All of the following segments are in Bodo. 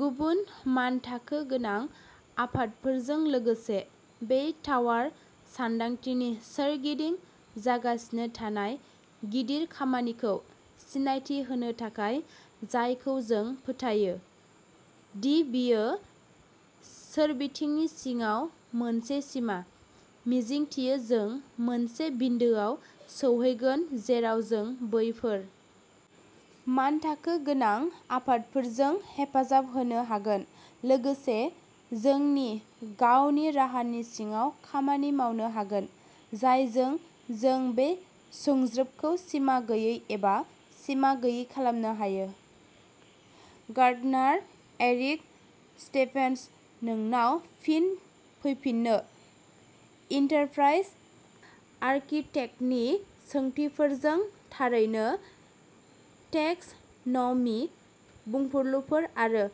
गुबुन मानथाखो गोनां आफादफोरजों लोगोसे बे टावार सानदांथिनि सोरगिदिं जागासिनो थानाय गिदिर खामानिखौ सिनायथि होनो थाखाय जायखौ जों फोथायो दि बेयो सोरबिथिंनि सिङाव मोनसे सिमा। मिजिंथियो जों मोनसे बिन्दोआव सौहैगोन जेराव जों बैफोर मानथाखो गोनां आफादफोरजों हेफाजाब होनो हागोन लोगोसे जोंनि गावनि राहानि सिङाव खामानि मावनो हागोन जायजों जों बे सुंज्रोबखौ सिमा गैयै एबा सिमा गैयै खालामनो हायो गार्डनार एरिक स्टेफेनस नोंनाव फिन फैफिनो एन्टारप्राइज आर्किटेक्टनि सोंथिफोरजों थारैनो टेक्स'न'मि बुंफुरलुफोर आरो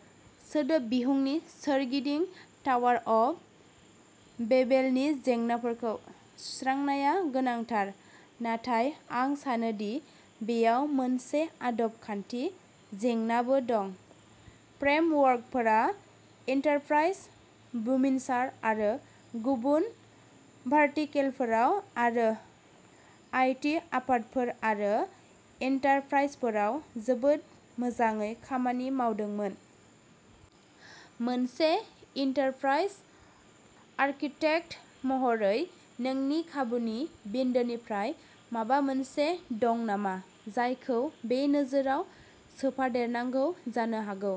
सोदोब बिहुंनि सोरगिदिं टावार अफ बेबेलनि जेंनाफोरखौ सुस्रांनाया गोनांथार नाथाय आं सानो दि बेयाव मोनसे आदब खान्थि जेंनाबो दं फ्रेमवर्कफोरा एन्टारप्राइज बुमिनसार आरो गुबुन भार्टिकेलफोराव आरो आईटी आफादफोर आरो एन्टारप्राइजफोराव जोबोद मोजाङै खामानि मावदोंमोन। मोनसे एन्टारप्राइज आर्किटेक्ट महरै नोंनि खाबुनि बिन्दोनिफ्राय माबा मोनसे दं नामा जायखौ बे नोजोरआव सोफादेरनांगौ जानो हागौ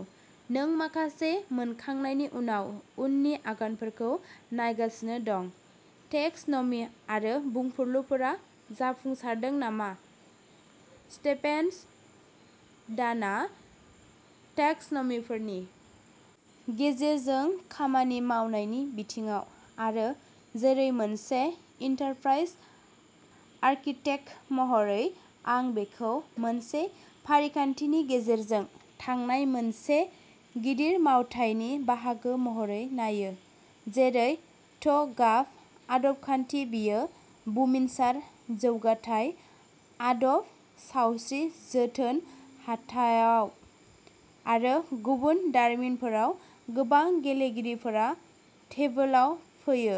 नों माखासे मोनखांनायनि उनाव उननि आगानफोरखौ नायगासिनो दं टेक्स'नमि आरो बुंफुरलुफोरा जाफुंसारदों नामा स्टेफेनस डाना टेक्स'नमिफोरनि गेजेरजों खामानि मावनायनि बिथिङाव आरो जेरै मोनसे एन्टारप्राइज आर्किटेक्ट महरै आं बेखौ मोनसे फारिखान्थिनि गेजेरजों थांनाय मोनसे गिदिर मावथायनि बाहागो महरै नायो जेरै ट'गाफ आदबखान्थि बेयो बुमिनसार जौगाथाय आदब सावस्रि जोथोन हाथायाव आरो गुबुन दारिमिनफोराव गोबां गेलेगिरिफोरा टेबोलाव फैयो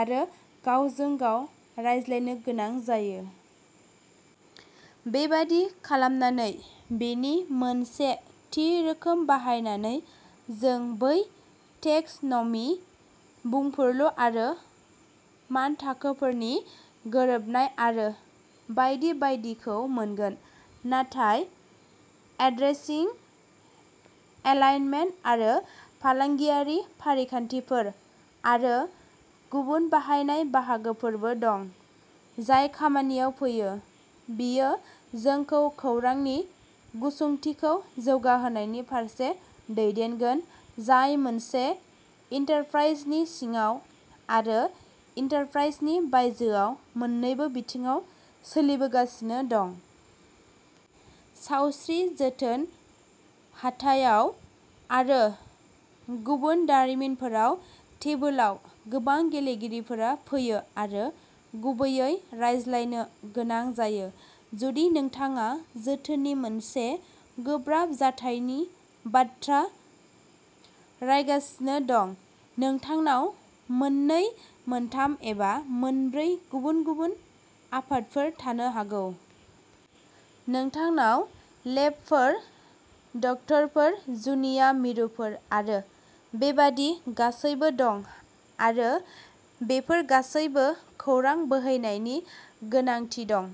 आरो गावजों गाव रायज्लायनो गोनां जायो। बेबादि खालामनानै बेनि मोनसे थि रोखोम बाहायनानै जों बै टेक्स'नमि बुंफुरलु आरो मानथाखोफोरनि गोरोबनाय आरो बायदि बायदिखौ मोनगोन। नाथाय एड्रेसिं एलाइनमेन्ट आरो फालांगियारि फारिखान्थिफोर आरो गुबुन बाहायनाय बाहागोफोरबो दं जाय खामानियाव फैयो। बेयो जोंखौ खौरांनि गुसुंथिखौ जौगाहोनायनि फारसे दैदेनगोन जाय मोनसे एन्टारप्राइजनि सिङाव आरो एन्टारप्राइजनि बायजोआव मोननैबो बिथिङाव सोलिबोगासिनो दं। सावस्रि जोथोन हाथायाव आरो गुबुन दारिमिनफोराव टेबोलाव गोबां गेलेगिरिफोरा फैयो आरो गुबैयै रायज्लायनो गोनां जायो जुदि नोंथाङा जोथोननि मोनसे गोब्राब जाथायनि बाथ्रा रायगासिनो दं नोंथांनाव मोननै मोनथाम एबा मोनब्रै गुबुन गुबुन आफादफोर थानो हागौ। नोंथांनाव लेबफोर डक्टरफोर जुनिया मिरुफोर आरो बेबादि गासैबो दं आरो बेफोर गासैबो खौरां बोहैनायनि गोनांथि दं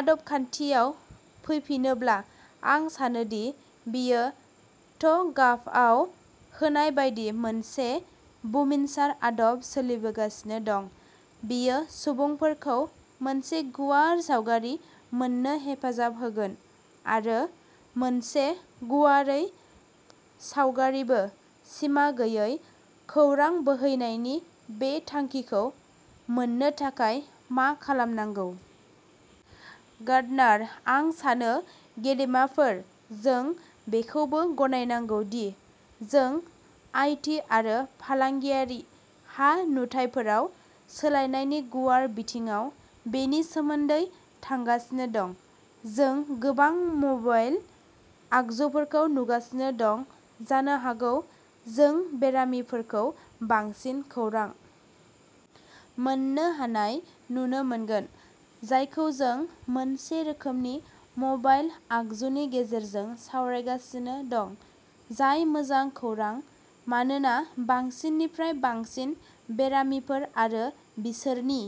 आदबखान्थियाव फैफिनोब्ला आं सानो दि बेयो ट'गाफआव होनाय बायदि मोनसे बुमिनसार आदब लाबोगासिनो दं बेयो सुबुंफोरखौ मोनसे गुवार सावगारि मोननो हेफाजाब होगोन आरो मोनसे गुवारै सावगारिबो सिमा गैयै खौरां बोहैनायनि बे थांखिखौ मोन्नो थाखाय मा खालामनांगौ। गार्डनार आं सानो गेदेमाफोर जों बेखौबो गनायनांगौ दि जों आईटी आरो फालांगियारि हा नुथाइफोराव सोलायनायनि गुवार बिथिङाव बेनि सोमोन्दै थांगासिनो दं जों गोबां मबाइल आगजुफोरखौ नुगासिनो दं जानो हागौ जों बेरामिफोरखौ बांसिन खौरां मोन्नो हानाय नुनो मोनगोन जायखौ जों मोनसे रोखोमनि मबाइल आगजुनि गेजेरजों सावरायगासिनो दं जाय मोजां खौरां मानोना बांसिननिफ्राय बांसिन बेरामिफोर आरो बिसोरनि